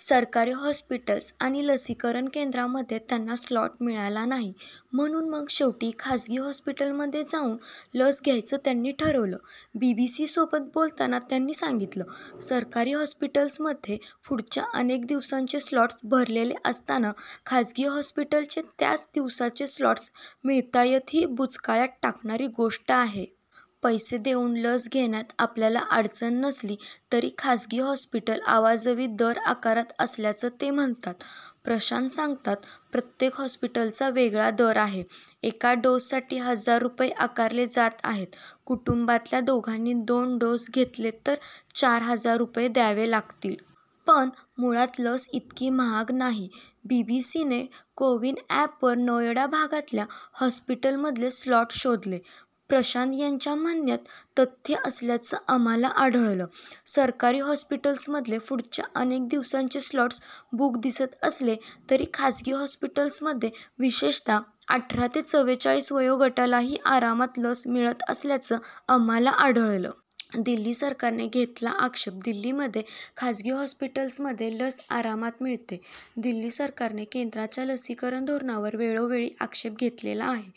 सरकारी हॉस्पिटल्स आणि लसीकरण केंद्रांमध्ये त्यांना स्लॉट मिळाला नाही. म्हणून मग शेवटी खासगी हॉस्पिटलमध्ये जाऊन लस घ्यायचं त्यांनी ठरवलं. बीबीसीसोबत बोलताना त्यांनी सांगितलं, सरकारी हॉस्पिटल्समध्ये पुढच्या अनेक दिवसांचे स्लॉट्स भरलेले असताना खासगी हॉस्पिटल्सचे त्याच दिवसाचे स्लॉट्स मिळतायतही बुचकळ्यात टाकणारी गोष्ट आहे. पैसे देऊन लस घेण्यात आपल्याला अडचण नसली तरी खासगी हॉस्पिटल्स अवाजवी दर आकारत असल्याचं ते म्हणतात. प्रशांत सांगतात, प्रत्येक हॉस्पिटलचा वेगळा दर आहे. एका डोससाठी हजार रुपये आकारले जात आहेत. कुटुंबातल्या दोघांनी दोन डोस घेतले तर चार हजार रुपये द्यावी लागतील. पण मुळात लस इतकी महाग नाही. बीबीसीने कोविन अँपवर नोएडा भागातल्या हॉस्पिटल्समधले स्लॉट्स शोधले. प्रशांत यांच्या म्हणण्यात तथ्य असल्याचं आम्हाला आढळलं. सरकारी हॉस्पिटल्समधले पुढच्या अनेक दिवसांचे स्लॉट्स बुक दिसत असले तरी खासगी हॉस्पिटल्समध्ये विशेषतः अठरा ते चव्वेचाळीस वयोगटालाही आरामात लस मिळत असल्याचं आम्हाला आढळलं. दिल्ली सरकारने घेतला आक्षेप दिल्लीमध्ये खासगी हॉस्पिटल्समध्ये लस आरामात मिळतेय. दिल्ली सरकारने केंद्राच्या लसीकरण धोरणांवर वेळोवेळी आक्षेप घेतलेला आहे.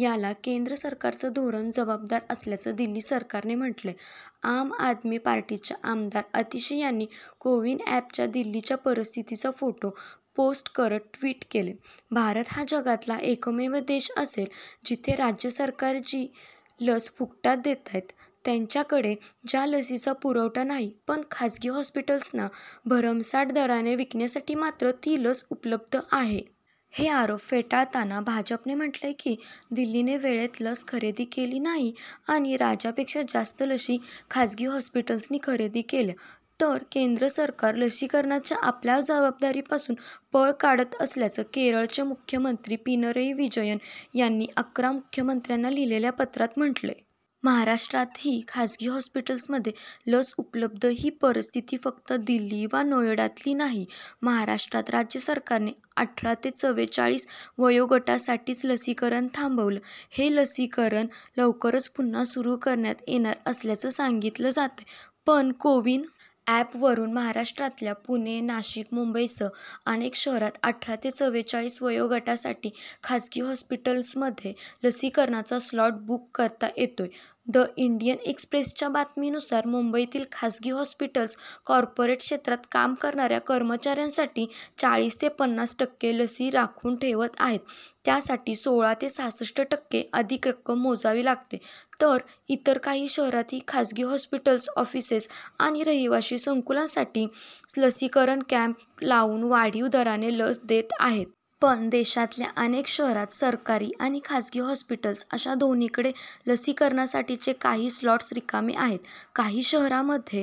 याला केंद्र सरकारचं धोरण जबाबदार असल्याचं दिल्ली सरकारने म्हटलंय. आम आदमी पार्टीच्या आमदार आतिशी यांनी कोविन अँपच्या दिल्लीच्या परिस्थितीचा फोटो पोस्ट करत ट्वीट केलंय, भारत हा जगातला एकमेव देश असेल जिथे राज्य सरकारं जी लस फुकटात देतायत, त्यांच्याकडे ज्या लशीचा पुरवठा नाही पण खासगी हॉस्पिटल्सना भरमसाठ दराने विकण्यासाठी मात्र ती लस उपलब्ध आहे. हे आरोप फेटाळताना भाजपने म्हटलंय की दिल्लीने वेळेत लस खरेदी केली नाही आणि राज्यापेक्षा जास्त लशी खासगी हॉस्पिटल्सनी खरेदी केल्या. तर केंद्र सरकार लसीकरणाच्या आपल्या जबाबदारीपासून पळ काढत असल्याचं केरळचे मुख्यमंत्री पिनरई विजयन यांनी अकरा मुख्यमंत्र्यांना लिहिलेल्या पत्रात म्हटलंय. महाराष्ट्रातही खासगी हॉस्पिटल्समध्ये लस उपलब्ध ही परिस्थिती फक्त दिल्ली वा नोएडातली नाही. महाराष्ट्रात राज्य सरकारने अठरा ते चव्वेचाळीस वयोगटासाठीचं लसीकरण थांबवलं हे लसीकरण लवकरच पुन्हा सुरू करण्यात येणार असल्याचं सांगितलं जातंय. पण कोविन अँपवरून महाराष्ट्रातल्या पुणे, नाशिक, मुंबईसह अनेक शहरांत अठरा ते चव्वेचाळीस वयोगटासाठी खासगी हॉस्पिटलमध्ये लसीकरणाचा स्लॉट बुक करता येतोय द इंडियन एक्स्प्रेसच्या बातमीनुसार मुंबईतली खासगी हॉस्पिटल्स कॉर्पोरेट क्षेत्रात काम करणाऱ्या कर्मचाऱ्यांसाठी चाळीस ते पन्नास टक्के लसी राखून ठेवत आहेत त्यासाठी सोळा ते सहासष्ट टक्के अधिक रक्कम मोजावी लागतेय तर इतर काही शहरांतही खासगी हॉस्पिटल्स ऑफिसेस आणि रहिवासी संकुलांसाठी लसीकरण कॅम्प लावून वाढीव दराने लस देत आहेत. पण देशातल्या अनेक शहरांत सरकारी आणि खासगी हॉस्पिटल्स अशा दोन्हीकडे लसीकरणासाठीचे काही स्लॉट्स रिकामे आहेत. काही शहरांमध्ये